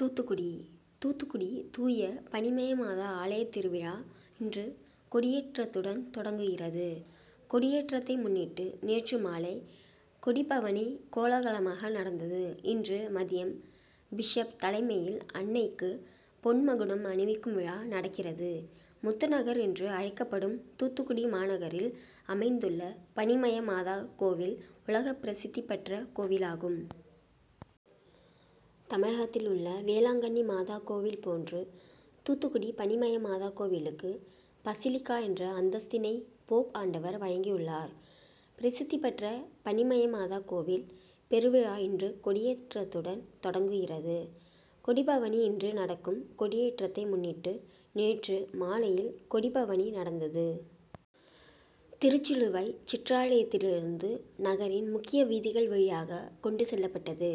தூத்துக்குடி தூத்துக்குடி தூய பனிமய மாதா ஆலயத் திருவிழா இன்று கொடியேற்றத்துடன் தொடங்குகிறது. கொடியேற்றத்தை முன்னிட்டு நேற்று மாலை கொடிப்பவனி கோலாகலமாக நடந்தது. இன்று மதியம் பிஷப் தலைமையில் அன்னைக்கு பொன் மகுடம் அணிவிக்கும் விழா நடக்கிறது. முத்துநகர் என்று அழைக்கப்படும் தூத்துக்குடி மாநகரில் அமைந்துள்ள பனிமய மாதா கோ வில் உலகப் பிரசித்தி பெற் ற கோவிலாகும். தமிழகத்தில் உள்ள வேளாங்கன்னி மாதா கோவில் போன்று தூத்துக்குடி பனிமய மாதா கோவிலுக்கு பசிலிகா என்ற அந்தஸ்தினை போப் ஆண்டவர் வழங்கியுள்ளார். பிரசித்தி பெற்ற பனிமய மாதா கோவில் பெருவிழா இன்று கொடியேற்றத்துடன் தொடங்குகிறது. கொடிபவனி இன்று நடக்கும் கொடியேற்றத்தை முன்னிட்டு நேற்று மாலையில் கொடிப்பவனி நடந்தது. திருச்சிலுவை சிற்றாலயத்திலிருந் து நகரின் முக்கிய வீதிகள் வழியாக கொண்டு செல்லப்பட்டது.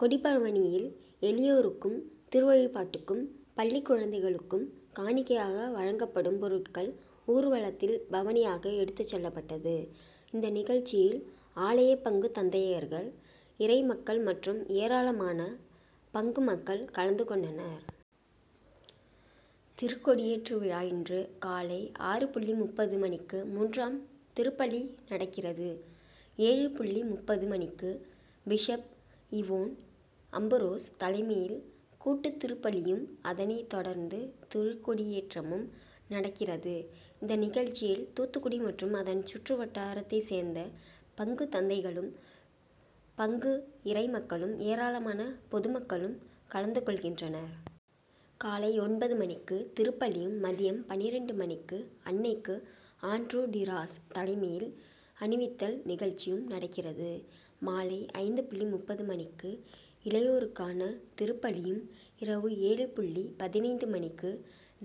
கொடிப்பவனியில் எளியோருக்கும், திருவழிப்பாட்டுக்கும், பள்ளிக் குழந்தைகளுக்கும் காணிக்கையாக வழங்கப்படும் பொருட்கள் ஊர்வலத்தில் பவனியாக எடுத்துச் செல்லப்பட்டது. இந்த நிகழ்ச்சியில் ஆலய பங்கு தந்தையர்கள், இறை மக்கள் மற்றும் ஏரா ளமான பங்குமக்கள் கல ந்து கொண்டனர். திருக்கொடியேற்று விழா இன்று காலை ஆறு புள்ளி முப்பது மணிக்கு மூன்றாம் திருப்பலி நடக்கிறது. ஏழு புள்ளி முப்பது மணிக்கு பிஷப் இவோன் அம்புரோஸ் தலைமையில் கூட்டுத்திருப்பலியும் அதனை தொடர்ந்து திருக்கொடியேற்றமும் நடக்கிறது. இந்த நிகழ்ச்சியில் தூத்துக்குடி மற்றும் அதன் சுற்று வட்டாரத்தை சேர்ந்த பங்கு தந்தைகளும், பங்கு இறைமக்களும், ஏராளமான பொதுமக்களும் கலந்து கொள்கின்றனர். காலை ஒன்பது மணிக்கு திருப்பலியும், மதியம் பன்னிரண்டு மணிக்கு அன்னைக்கு ஆண்ட்ரூ டி ராஸ் தலைமையில் அணிவித்தல் நிகழ்ச்சியும் நடக்கிறது. மாலை ஐந்து புள்ளி முப்பது மணிக்கு இளையோருக்கான திருப்பலியும், இரவு ஏழு புள்ளி பதினைந்து மணிக்கு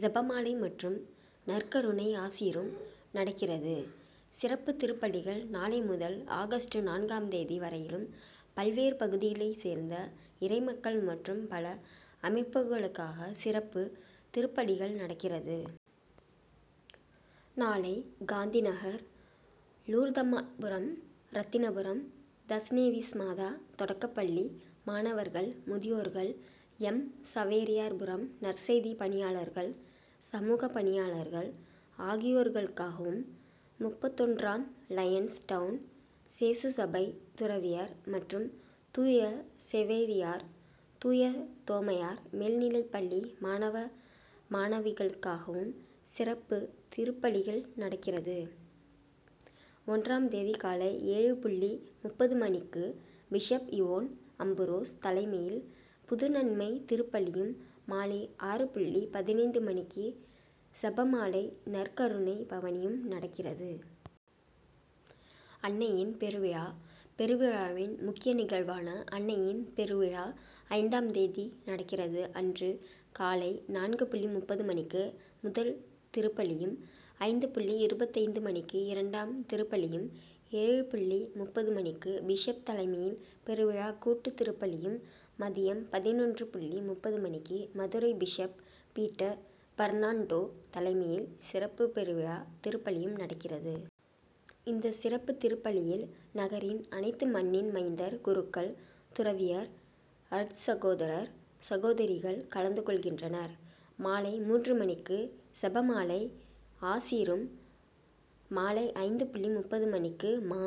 செபமாலை மற்றும் நற்கருணை ஆசீரும் நடக்கிறது. சிறப்பு திருப்பலிகள் நாளை முதல் ஆகஸ்ட் நான்காம் தேதி வரையிலும் பல்வேறு பகுதிகளைச் சேர்ந்த இறைமக்கள் மற்றும் பல அமைப்புக்களுக்காக சிறப்பு திருப்பலிகள் நடக்கிறது. நாளை காந்திநகர், லூர்தம்மாள்புரம், ரத்திரபுரம், தஸ்நேவிஸ்மாதா தொடக்க பள்ளி மாணவர்கள், முதியோர்கள், எம். சவேரியார்புரம், நற்செய்தி பணியாளர்கள், சமூகப் பணியாளர்கள் ஆகியோர்களுக்காகவும், முப்பத்தொன்றாம் லயன்ஸ் டவுன், சேசுசபை துறவியர் மற்றும் தூய சவேரியார், தூய தோமையார் மேல்நிலைப்பள்ளி மாணவ, மாணவிகளுக்காகவும் சிறப்பு திருப்பலிகள் நடக்கிறது. ஒன்றாம் தேதி காலை ஏழு புள்ளி முப்பது மணிக்கு பிஷப் இவோன் அம்புரோஸ் தலைமையில் புதுநன்மைத் திருப்பலியும், மாலை ஆறு புள்ளி பதினைந்து மணிக்கு செபமாலை, நற்கருணைப் பவனியும் நடக்கிறது. அன்னையின் பெருவிழா விழாவின் முக்கிய நிகழ்வான அன்னையின் பெருவிழா ஐந்தாம் தேதி நடக்கிறது. அன்று காலை நான்கு புள்ளி முப்பது மணிக்கு முதல் திருப்பலியும், ஐந்து புள்ளி இருபத்தைந்து மணிக்கு இரண்டாம் திருப்பலியும், ஏழு புள்ளி முப்பது மணிக்கு பிஷப் தலைமையில் பெருவிழா கூட்டுத் திருப்பலியும், மதியம் பதினொன்று புள்ளி முப்பது மணிக்கு Madurai bishop Peter Fernando தலைமையில் சிறப்பு பெருவிழா திருப்பலியும் நடக்கிறது. இந்த சிறப்பு திருப்பலியில் நகரின் அனைத்து மண்ணின் மைந்தர் குருக்கள், துறவியர், அருட்சகோதர, சகோதரிகள் கலந்து கொள்கின்றனர். மாலை மூன்று மணி க்கு செபமாலை, ஆசீரும், மாலை ஐந்து புள்ளி முப்பது மணிக்கு மா